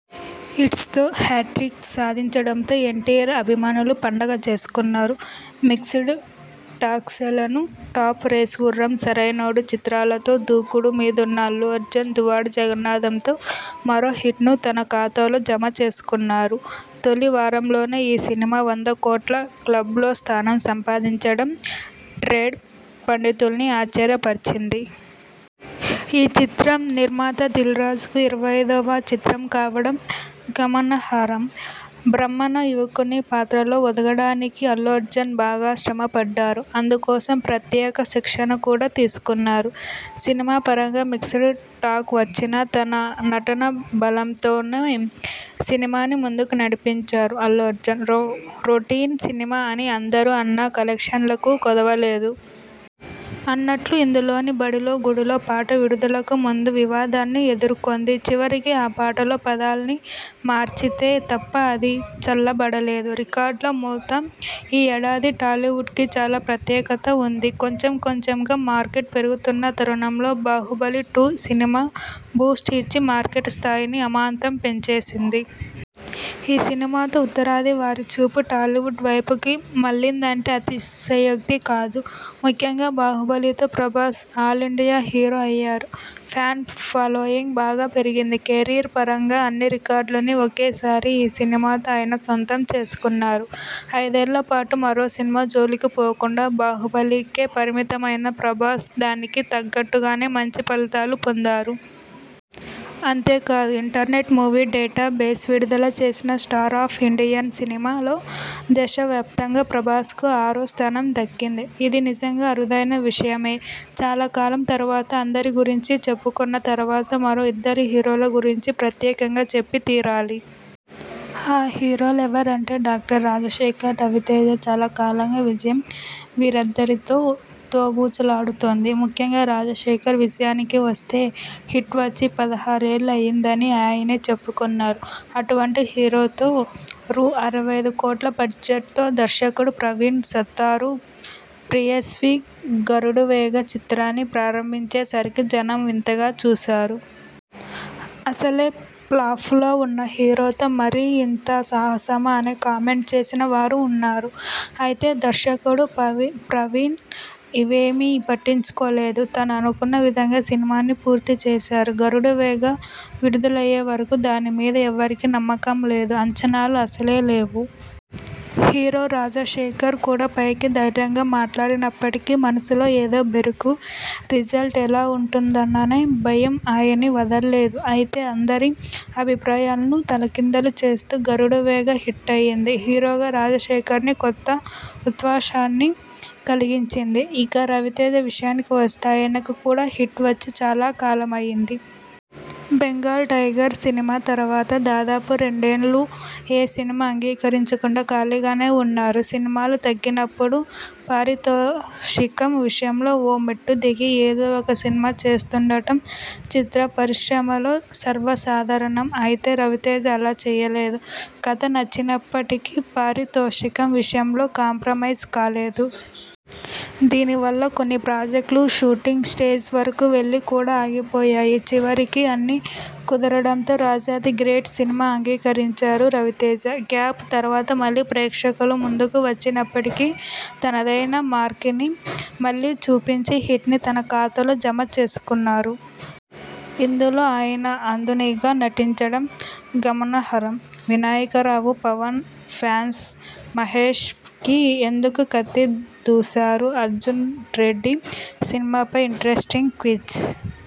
Hits తో hat trick సాదించడంతో ఎన్టీఆర్ అభిమానులు పండగ చేసుకొన్నారు. మిక్స్డ్ టాక్స్ లెను టాప్! 'రేసుగుర్రం', 'సరైనోడు' చిత్రాలతో దూకుడు మీదున్న అల్లు అర్జున్ 'దువ్వాడ జగన్నాథమ్'తో మరో హిట్ను తన ఖాతాలో జమ చేసుకొన్నారు. తొలి వారంలోనే ఈ సినిమా వంద కోట్ల క్లబ్ లో స్థానం సంపాదించడం ట్రేడ్ పండితుల్ని ఆశ్చర్యపరిచింది. ఈ చిత్రం నిర్మాత దిల్ రాజుకు ఇరవై ఐదొవ చిత్రం కావడం గమనహారం. బ్రహ్మణ యువకుని పాత్రలో ఒదగడానికి అల్లు అర్జున్ బాగా శ్రమ పడ్డారు. అందుకోసం ప్రత్యేక శిక్షణ కూడా తీసుకొన్నారు. సినిమాపరంగా మిక్స్డ్ టాక్ వచ్చినా, తన నటనాబలంతోనే సినిమాని ముందుకు నడిపించారు అల్లు అర్జున్, రొ రొటీన్ సినిమా అని అందరూ అన్నా కలెక్షన్లకు కొదవలేదు. అన్నట్లు ఇందులోని 'బడిలో గుడిలో.. ' పాట విడుదలకు ముందు వివాదాన్ని ఎదుర్కొంది. చివరికి ఆ పాటలో పదాల్ని మార్చితే తప్ప అది చల్లబడలేదు. రికార్డుల మోతఈ ఏడాది టాలీవుడ్ కి చాలా ప్రత్యేకత ఉంది. కొంచెం కొంచెంగా మార్కెట్ పెరుగుతున్న తరుణంలో 'బాహుబలిటు' సినిమా బూస్ట్ ఇచ్చి మార్కెట్ స్థాయిని అమాంతం పెంచేసింది. ఈ సినిమా తో ఉత్తరాది వారి చూపు టాలీవుడ్ వైపుకి మళ్లిందంటే అతిశయోక్తి కాదు. ముఖ్యంగా 'బాహుబలి' తో ప్రభాస్ ఆలిండియా హీరో అయ్యారు. ఫ్యాన్ ఫాలోయింగ్ బాగా పెరిగింది. కెరీర్ పరంగా అన్ని రికార్డుల్నీ ఒకేసారి ఈ సినిమాతో ఆయన సొంతం చేసుకొన్నారు. ఐదేళ్ల పాటు మరో సినిమా జోలికి పోకుండా 'బాహుబలి' కే పరిమితమైన ప్రభాస్ దానికి తగ్గట్టుగానే మంచి ఫలితాలు పొందారు. అంతే కాదు ఇంటర్నెట్ మూవీ డేటా బేస్ విడుదల చేసిన 'స్టార్ ఆఫ్ ఇండియన్ సినిమా ' లో దేశవ్యాప్తంగా ప్రభాస్ కు ఆరో స్థానం దక్కింది. ఇది నిజంగా అరుదైన విషయమే. చాలా కాలం తరువాత.. అందరి గురించి చెప్పుకొన్న తర్వాత మరో ఇద్దరు హీరోల గురించి ప్రత్యేకంగా చెప్పి తీరాలి. ఆ హీరోలెవరంటే.. డాక్టర్ రాజశేఖర్, రవితేజ. చాలా కాలంగా విజయం వీరిద్దరితో దోబూచులాడుతోంది. ముఖ్యంగా రాజశేఖర్ విషయానికి వస్తే హిట్ వచ్చి పదహారేళ్ళ అయిందని ఆయనే చెప్పుకొన్నారు. అటువంటి హీరోతో రూ. అరవై ఐదు కోట్ల బడ్జెట్తో దర్శకుడు ప్రవీణ్ సత్తారు 'పీయస్వీ గరుడవేగ' చిత్రాన్ని ప్రారంభించేసరికి జనం వింతగా చూశారు. అసలే ప్లాపుల్లో ఉన్న హీరోతో మరీ ఇంత సాహసమా అని కామెంట్ చేసిన వారూ ఉన్నారు. అయితే దర్శకుడు పవీ ప్రవీణ్ ఇవేమీ పట్టించుకోలేదు. తను అనుకొన్న విధంగా సినిమాని పూర్తి చేశారు. 'గరుడవేగ' విడుదలయ్యేవరకూ దాని మీద ఎవరికీ నమ్మకం లేదు. అంచనాలు అసలే లేవు. హీరో రాజశేఖర్ కూడా పైకి ధైర్యంగా మాట్లాడినప్పటికీ మనసులో ఏదో బెరుకు, రిజల్ట్ ఎలా ఉంటుందోననే భయం ఆయన్ని వదల్లేదు. అయితే అందరి అభిప్రాయాలనూ తలకిందులు చేస్తూ 'గరుడవేగ' హిట్ అయింది. హీరోగా రాజ శేఖర్ ని కొత్త ఉత్సాహాన్ని కలిగించింది. ఇక రవితేజ విషయానికి వస్తే.. ఆయనకు కూడా హిట్ వచ్చి చాలా కాలమైంది. 'బెంగాల్ టైగర్' సినిమా తర్వాత దాదాపు రెండేళ్లు ఏ సినిమా అంగీకరించకుండా ఖాళీగానే ఉన్నారు. సినిమాలు తగ్గినప్పుడు పారితోషికం విషయంలో ఓ మెట్టు దిగి, ఏదో ఒక సినిమా చేస్తుండటం చిత్రపరిశ్రమలో సర్వసాధారణం. అయితే రవితేజ అలా చేయలేదు. కథ నచ్చినప్పటికీ పారితోషికం విషయంలో కాంప్రమైజ్ కాలేదు. దీని వల్ల కొన్ని ప్రాజెక్టులు షూటింగ్ స్టేజ్ వరకూ వెళ్లి కూడా ఆగిపోయాయి. చివరికి అన్నీ కుదరడంతో 'రాజా ది గ్రేట్' సినిమా అంగీకరించారు రవితేజ. గ్యాప్ తర్వాత మళ్లీ ప్రేక్షకుల ముందుకు వచ్చినప్పటికీ తనదైన మార్క్ని మళ్లీ చూపించి, హిట్ని తన ఖాతాలో జమ చేసుకొన్నారు. ఇందులో ఆయన అంధునిగా నటించడం గమనార్హం. వినాయకరావు పవన్ ఫ్యాన్స్ మహేశ్ కి ఎందుకు 'కత్తి' దూశారు? అర్జున్రెడ్డి సినిమాపై ఇంట్రెస్టింగ్ క్విజ్।